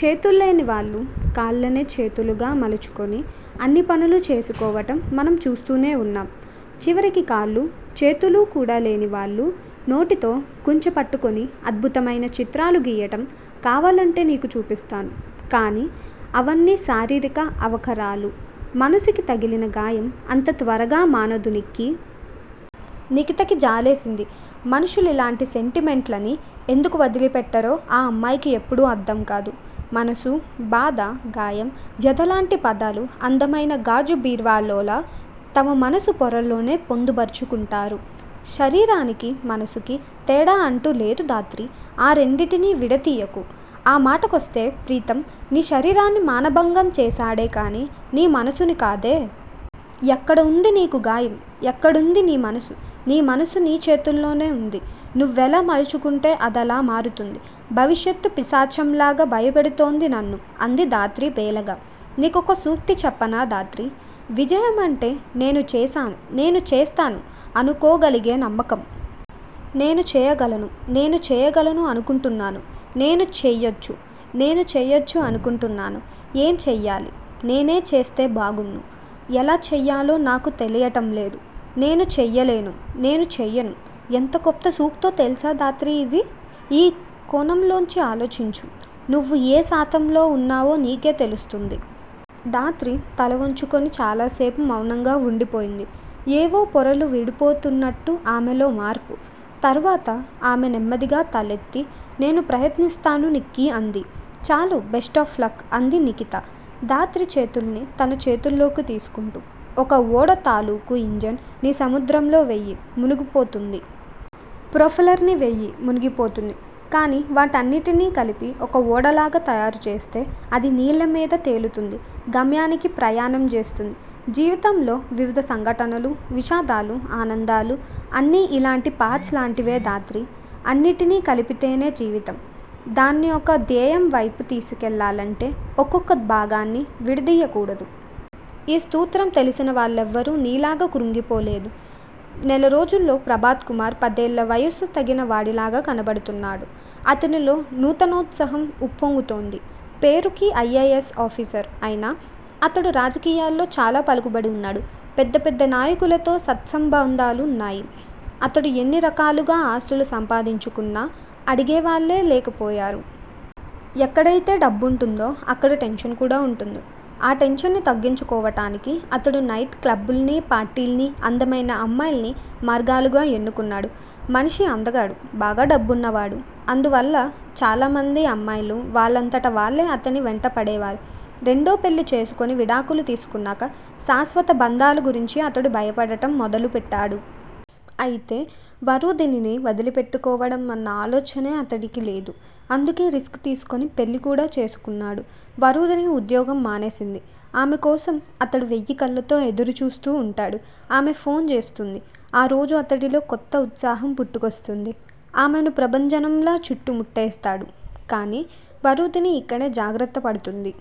చేతుల్లేని వాళ్ళు కాళ్ళనే చేతులుగా మలుచుకోని అన్ని పనులు చేసుకోవటం మనం చూస్తూనే వున్నాం. చివరికి కాళ్ళూ, చేతులూ కూడా లేని వాళ్ళు, నోటితో కుంచె పట్టుకుని అద్భుతమైన చిత్రాలు గీయటం కావాలంటే నీకు చూపిస్తాను. కానీ, అవన్నీ శారీరక అవకరాలు. మనసుకి తగిలిన గాయం అంత త్వరగా మానదు నిక్కీ. నిఖితకి జాలేసింది. మనుషులు ఇలాంటి సెంటిమెంట్లని ఎందుకు వదిలిపెట్టరో ఆ అమ్మాయికి ఎప్పుడూ అర్థంకాదు. మనసు, బాధ, గాయం, వ్యధలాంటి పదాలు అందమైన గాజు బీరువాల్లోలా తమ మనసు పొరల్లోనే పొందుపరచుకుంటారు. శరీరానికి, మనసుకీ తేడా అంటూ లేదు ధాత్రీ! ఆ రెంటినీ విడదీయకు. ఆ మాటకొస్తే ప్రీతమ్ నీ శరీరాన్ని మానభంగం చేశాడేకానీ నీ మనసుని కాదే! ఎక్కడుంధి తగిలింది నీకు గాయం? ఎక్కడుంది నీ మనసు? నీ మనసు నీ చేతుల్లోనే వుంది. నువ్వెలా మలుచుకుంటే అదలా మారుతుంది. భవిష్యత్తు పిశాచంలాగా భయపెడుతోంది నన్ను అంది ధాత్రి బేలగా. నీకొక సూక్తి చెప్పనా ధాత్రీ. విజయమంటే నేను చేశాను నేను చేస్తాను అనుకోగలిగే నమ్మకం. నేను చేయగలను. నేను చేయగలను అనుకుంటున్నాను. నేను చెయ్యొచ్చు. నేను చెయ్యొచ్చు అనుకుంటున్నాను. ఏం చెయ్యాలి? నేనే చేస్తే బాగుణ్ను. ఎలా చెయ్యాలో నాకు తెలియటంలేదు. నేను చెయ్యలేను. నేను చెయ్యను. ఎంత గొప్ప సూక్తో తెలుసా ధాత్రీ ఇది! ఈ కోణంలోంచి ఆలోచించు. నువ్వు ఏ శాతంలో వున్నావో నీకే తెలుస్తుంది. ధాత్రి తలవంచుకొని చాలాసేపు మౌనంగా వుండిపోయింది. ఏవో పొరలు విడిపోతున్నట్టు ఆమెలో మార్పు. తరువాత ఆమె నెమ్మదిగా తలెత్తి నేను ప్రయత్నిస్తాను నిక్కీ అంది. చాలు బెస్టాఫ్ లక్ అంది నిఖిత ధాత్రి చేతుల్ని తన చేతుల్లోకి తీసుకుంటూ. ఒక ఓడ తాలూకు ఇంజన్ ని సముద్రంలో వెయ్యి, మునిగిపోతుంది. ప్రోఫెల్లర్ ని వెయ్యి మునిగిపోతుంది. కానీ వాటిన్నింటినీ కలిపి ఒక ఓడలాగా తయారుచేస్తే అది నీళ్ళమీద తేలుతుంది. గమ్యానికి ప్రయాణం చేస్తుంది. జీవితంలో వివిధ సంఘటనలు, విషాదాలు, ఆనందాలు అన్నీ ఇలాంటి పార్ట్స్ లాంటివే ధాత్రీ. అన్నిటినీ కలిపితేనే జీవితం. దాన్ని ఒక ధ్యేయంవైపు తీసుకెళ్ళాలంటే ఒక్కొక్క భాగాన్నీ విడదీయకూడదు. ఈ సూత్రం తెలిసిన వాళ్లెవరూ నీలాగా కృంగిపోలేదు. నెలరోజుల్లో ప్రభాత్ కుమార్ పదేళ్ళ వయసు తగ్గిన వాడిలాగా కనపడుతున్నాడు. అతనిలో నూతనోత్సాహం ఉప్పొంగుతోంది. పేరుకి ఐ. ఎ. ఎస్. ఆఫీసర్ అయినా అతడు రాజకీయాల్లో చాలా పలుకుబడి వున్నాడు. పెద్ద పెద్ద నాయకులతో సత్సంబంధాలున్నాయి. అతడు ఎన్ని రకాలుగా ఆస్తులు సంపాదించుకున్నా అడిగేవాళ్ళే లేకపొయ్యారు. ఎక్కడైతే డబ్బుంటుందో అక్కడ టెన్షన్ కూడా వుంటుంది. ఆ టెన్షన్ ని తగ్గించుకోవటానికి అతడు నైట్ క్లబ్బుల్ని, పార్టీల్ని, అందమైన అమ్మాయిల్ని మార్గాలుగా ఎన్నుకున్నాడు. మనిషి అందగాడు, బాగా డబ్బున్నవాడు అందువల్ల చాలామంది అమ్మాయిలు వాళ్ళంతట వాళ్ళే అతని వెంటపడేవారు. రెండోపెళ్ళి చేసుకొని విడాకులు తీసుకున్నాక శాశ్వత బంధలు గురించి అతడు భయపడటం మొదలుపెట్టాడు. అయితే వరూధినిని వధిలిపెట్టుకోవటం అన్న ఆలోచనే అతడికి లేదు. అందుకే రిస్క్ తీసుకొని పెళ్ళికూడా చేసుకున్నాడు. వరూధిని ఉద్యోగం మానేసింది. ఆమెకోసం అతడు వెయ్యికళ్ళతో ఎదురుచూస్తూ వుంటాడు. ఆమె ఫోన్ చేస్తుంది. ఆ రోజు అతడిలో కొత్తఉత్సాహం పుట్టుకొస్తుంది. ఆమెను ప్రభంజనంలా చుట్టుముట్టేస్తాడు. కానీ వరూధిని ఇక్కడే జాగ్రత్త పడుతుంది.